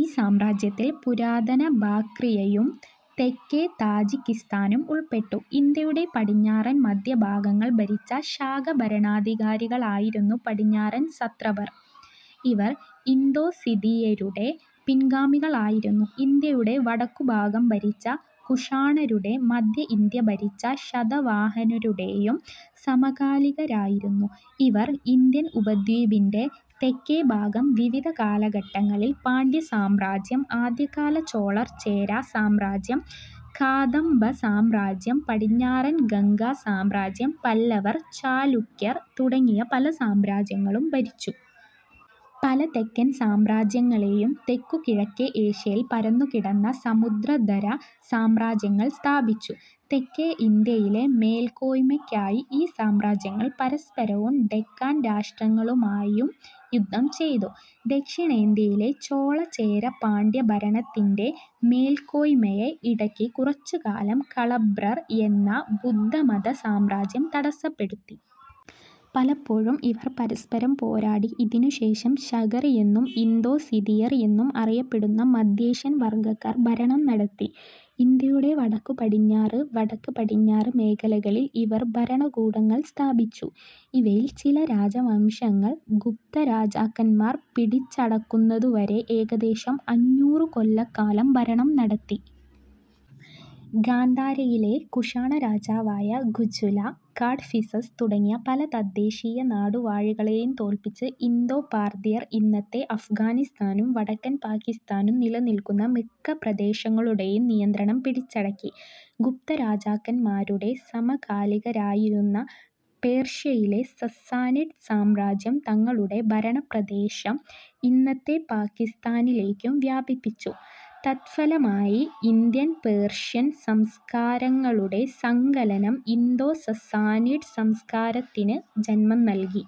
ഈ സാമ്രാജ്യത്തിൽ പുരാതന ബാക്ട്രിയയും തെക്കേ താജിക്കിസ്ഥാനും ഉൾപ്പെട്ടു. ഇന്ത്യയുടെ പടിഞ്ഞാറൻ, മദ്ധ്യ ഭാഗങ്ങൾ ഭരിച്ച ശാക ഭരണാധികാരികളായിരുന്നു പടിഞ്ഞാറൻ സത്രപർ. ഇവർ ഇന്തോ-സിഥിയരുടെ പിൻഗാമികളായിരുന്നു. ഇന്ത്യയുടെ വടക്കുഭാഗം ഭരിച്ച കുഷാണരുടെയും, മദ്ധ്യ ഇന്ത്യ ഭരിച്ച ശതവാഹനരുടെയും സമകാലികരായിരുന്നു ഇവർ. ഇന്ത്യൻ ഉപദ്വീപിന്റെ തെക്കേ ഭാഗം, വിവിധ കാലഘട്ടങ്ങളിൽ, പാണ്ഡ്യ സാമ്രാജ്യം, ആദ്യകാല ചോളർ, ചേര സാമ്രാജ്യം, കാദംബ സാമ്രാജ്യം, പടിഞ്ഞാറൻ ഗംഗാ സാമ്രാജ്യം, പല്ലവർ, ചാലൂക്യർ തുടങ്ങിയ പല സാമ്രാജ്യങ്ങളും ഭരിച്ചു. പല തെക്കൻ സാമ്രാജ്യങ്ങളും തെക്കു കിഴക്കേ ഏഷ്യയിൽ പരന്നുകിടന്ന സമുദ്രാന്തര സാമ്രാജ്യങ്ങൾ സ്ഥാപിച്ചു. തെക്കേ ഇന്ത്യയിലെ മേൽക്കോയ്മയ്ക്കായി ഈ സാമ്രാജ്യങ്ങൾ പരസ്പരവും, ഡെക്കാൻ രാഷ്ട്രങ്ങളുമായും യുദ്ധം ചെയ്തു. ദക്ഷിണേന്ത്യയിലെ ചോള, ചേര, പാണ്ഡ്യ ഭരണത്തിന്റെ മേൽക്കോയ്മയെ ഇടയ്ക്ക് കുറച്ചുകാലം കളഭ്രർ എന്ന ബുദ്ധമത സാമ്രാജ്യം തടസ്സപ്പെടുത്തി. പലപ്പൊഴും ഇവർ പരസ്പരം പോരാടി. ഇതിനു ശേഷം ശകർ എന്നും ഇന്തോ-സിഥിയർ എന്നും അറിയപ്പെടുന്ന മദ്ധ്യേഷ്യൻ വർഗ്ഗക്കാർ ഭരണം നടത്തി. ഇന്ത്യയുടെ വടക്കു പടിഞ്ഞാറ്, വടക്ക്, പടിഞ്ഞാറ് മേഖലകളിൽ ഇവർ ഭരണകൂടങ്ങൾ സ്ഥാപിച്ചു. ഇവയിൽ ചില രാജവംശങ്ങൾ ഗുപ്തരാജാക്കാന്മാർ പിടിച്ചടക്കുന്നതുവരെ ഏകദേശം അഞ്ഞൂറു കൊല്ലക്കാലം ഭരണം നടത്തി. ഗാന്ധാരത്തിലെ കുശാണ രാജാവായ കുജുല കാഡ്ഫിസസ് തുടങ്ങിയ പല തദ്ദേശീയ നാടുവാഴികളെയും തോൽപ്പിച്ച് ഇന്തോ-പാർഥിയർ ഇന്നത്തെ അഫ്ഗാനിസ്ഥാനും വടക്കൻ പാകിസ്താനും നിലനിൽക്കുന്ന മിക്ക പ്രദേശങ്ങളുടെയും നിയന്ത്രണം പിടിച്ചടക്കി. ഗുപ്ത രാജാക്കന്മാരുടെ സമകാലികരായിരുന്ന പേർഷ്യയിലെ സസ്സാനിഡ് സാമ്രാജ്യം തങ്ങളുടെ ഭരണ പ്രദേശം ഇന്നത്തെ പാകിസ്താനിലേയ്ക്കും വ്യാപിപ്പിച്ചു. തത്ഫലമായി ഇന്ത്യൻ, പേർഷ്യൻ സംസ്കാരങ്ങളുടെ സങ്കലനം ഇന്തോ-സസ്സാനിഡ് സംസ്കാരത്തിന് ജന്മം നൽകി.